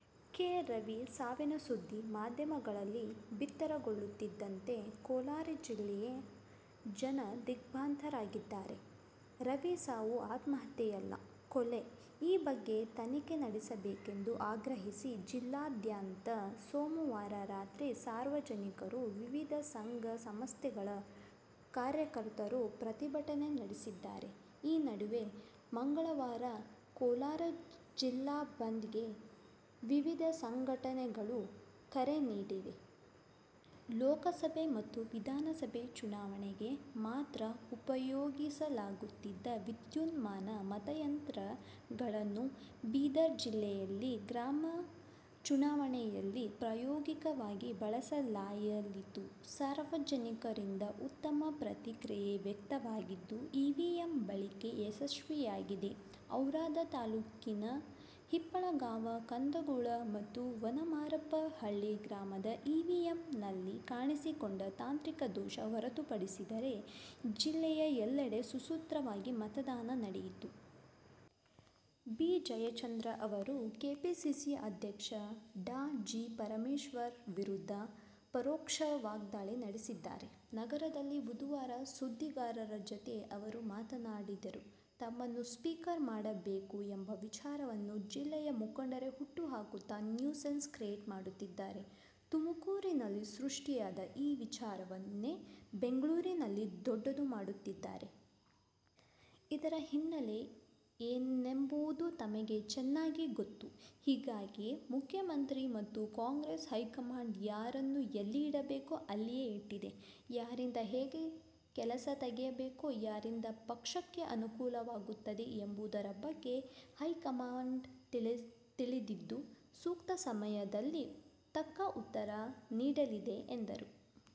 K. Ravi ಸಾವಿನ ಸುದ್ದಿ ಮಾಧ್ಯಮಗಳಲ್ಲಿ ಬಿತ್ತರಗೊಳ್ಳುತ್ತಿದ್ದಂತೆ ಕೋಲಾರ ಜಿಲ್ಲೆಯ ಜನ ದಿಗ್ಭ್ರಾಂತರಾಗಿದ್ದಾರೆ. ರವಿ ಸಾವು ಆತ್ಮಹತ್ಯೆಯಲ್ಲ ಕೊಲೆ ಈ ಬಗ್ಗೆ ತನಿಖೆ ನಡೆಸಬೇಕೆಂದು ಆಗ್ರಹಿಸಿ ಜಿಲ್ಲಾದ್ಯಂತ ಸೋಮವಾರ ರಾತ್ರಿ ಸಾರ್ವಜನಿಕರು, ವಿವಿಧ ಸಂಘ ಸಂಸ್ಥೆಗಳ ಕಾರ್ಯಕರ್ತರು ಪ್ರತಿಭಟನೆ ನಡೆಸಿದ್ದಾರೆ. ಈ ನಡುವೆ ಮಂಗಳವಾರ ಕೋಲಾರ ಜಿಲ್ಲಾ ಬಂದ್ಗೆ ವಿವಿಧ ಸಂಘಟನೆಗಳು ಕರೆ ನೀಡಿವೆ. ಲೋಕಸಭೆ ಮತ್ತು ವಿಧಾನಸಭೆ ಚುನಾವಣೆಗೆ ಮಾತ್ರ ಉಪಯೋಗಿಸಲಾಗುತ್ತಿದ್ದ ವಿದ್ಯುನ್ಮಾನ ಮತಯಂತ್ರ ಗಳನ್ನು ಬೀದರ ಜಿಲ್ಲೆಯಲ್ಲಿ ಗ್ರಾಪಂ ಚುನಾವಣೆಯಲ್ಲಿ ಪ್ರಾಯೋಗಿಕವಾಗಿ ಬಳಸಲಾಯಯಿತು. ಸಾರ್ವಜನಿಕರಿಂದ ಉತ್ತಮ ಪ್ರತಿಕ್ರಿಯೆ ವ್ಯಕ್ತವಾಗಿದ್ದು, ಇವಿಎಂ ಬಳಕೆ ಯಶಸ್ವಿಯಾಗಿದೆ. ಔರಾದ ತಾಲೂಕಿನ ಹಿಪ್ಪಳಗಾಂವ ಕಂದಗೂಳ ಮತ್ತು ವನಮಾರಪಳ್ಳಿ ಗ್ರಾಮದ ಇವಿಎಂನಲ್ಲಿ ಕಾಣಿಸಿಕೊಂಡ ತಾಂತ್ರಿಕ ದೋಷ ಹೊರತುಪಡಿಸಿದರೆ ಜಿಲ್ಲೆಯ ಎಲ್ಲೆಡೆ ಸುಸೂತ್ರವಾಗಿ ಮತದಾನ ನಡೆಯಿತು. ಬಿ. ಜಯಚಂದ್ರ ಅವರು ಕೆಪಿಸಿಸಿ ಅಧ್ಯಕ್ಷ ಡಾ. ಜಿ. ಪರಮೇಶ್ವರ್ ವಿರುದ್ಧ ಪರೋಕ್ಷ ವಾಗ್ಧಾಳಿ ನಡೆಸಿದ್ದಾರೆ. ನಗರದಲ್ಲಿ ಬುಧವಾರ ಸುದ್ದಿಗಾರರ ಜತೆ ಅವರು ಮಾತನಾಡಿದರು. ತಮ್ಮನ್ನು ಸ್ಪೀಕರ್ ಮಾಡಬೇಕು ಎಂಬ ವಿಚಾರವನ್ನು ಜಿಲ್ಲೆಯ ಮುಖಂಡರೇ ಹುಟ್ಟು ಹಾಕುತ್ತಾ ನ್ಯೂಸೆನ್ಸ್ ಕ್ರಿಯೇಟ್ ಮಾಡುತ್ತಿದ್ದಾರೆ. ತುಮಕೂರಿನಲ್ಲಿ ಸೃಷ್ಟಿಯಾದ ಈ ವಿಚಾರವನ್ನೇ ಬೆಂಗಳೂರಿನಲ್ಲಿ ದೊಡ್ಡದು ಮಾಡುತ್ತಿದ್ದಾರೆ. ಇದರ ಹಿನ್ನೆಲೆ ಏನೆಂಬುದು ತಮಗೆ ಚೆನ್ನಾಗಿ ಗೊತ್ತು. ಹೀಗಾಗಿಯೇ ಮುಖ್ಯಮಂತ್ರಿ ಮತ್ತು ಕಾಂಗ್ರೆಸ್ ಹೈಕಮಾಂಡ್ ಯಾರನ್ನು ಎಲ್ಲಿ ಇಡಬೇಕೋ ಅಲ್ಲಿಯೇ ಇಟ್ಟಿದೆ. ಯಾರಿಂದ ಹೇಗೆ ಕೆಲಸ ತೆಗಿಯಬೇಕು, ಯಾರಿಂದ ಪಕ್ಷಕ್ಕೆ ಅನುಕೂಲವಾಗುತ್ತದೆ ಎಂಬುದರ ಬಗ್ಗೆ ಹೈಕಮಾಂಡ್ಗೆ ತಿಳಿದಿದ್ದು, ಸೂಕ್ತ ಸಮಯದಲ್ಲಿ ತಕ್ಕ ಉತ್ತರ ನೀಡಲಿದೆ ಎಂದರು.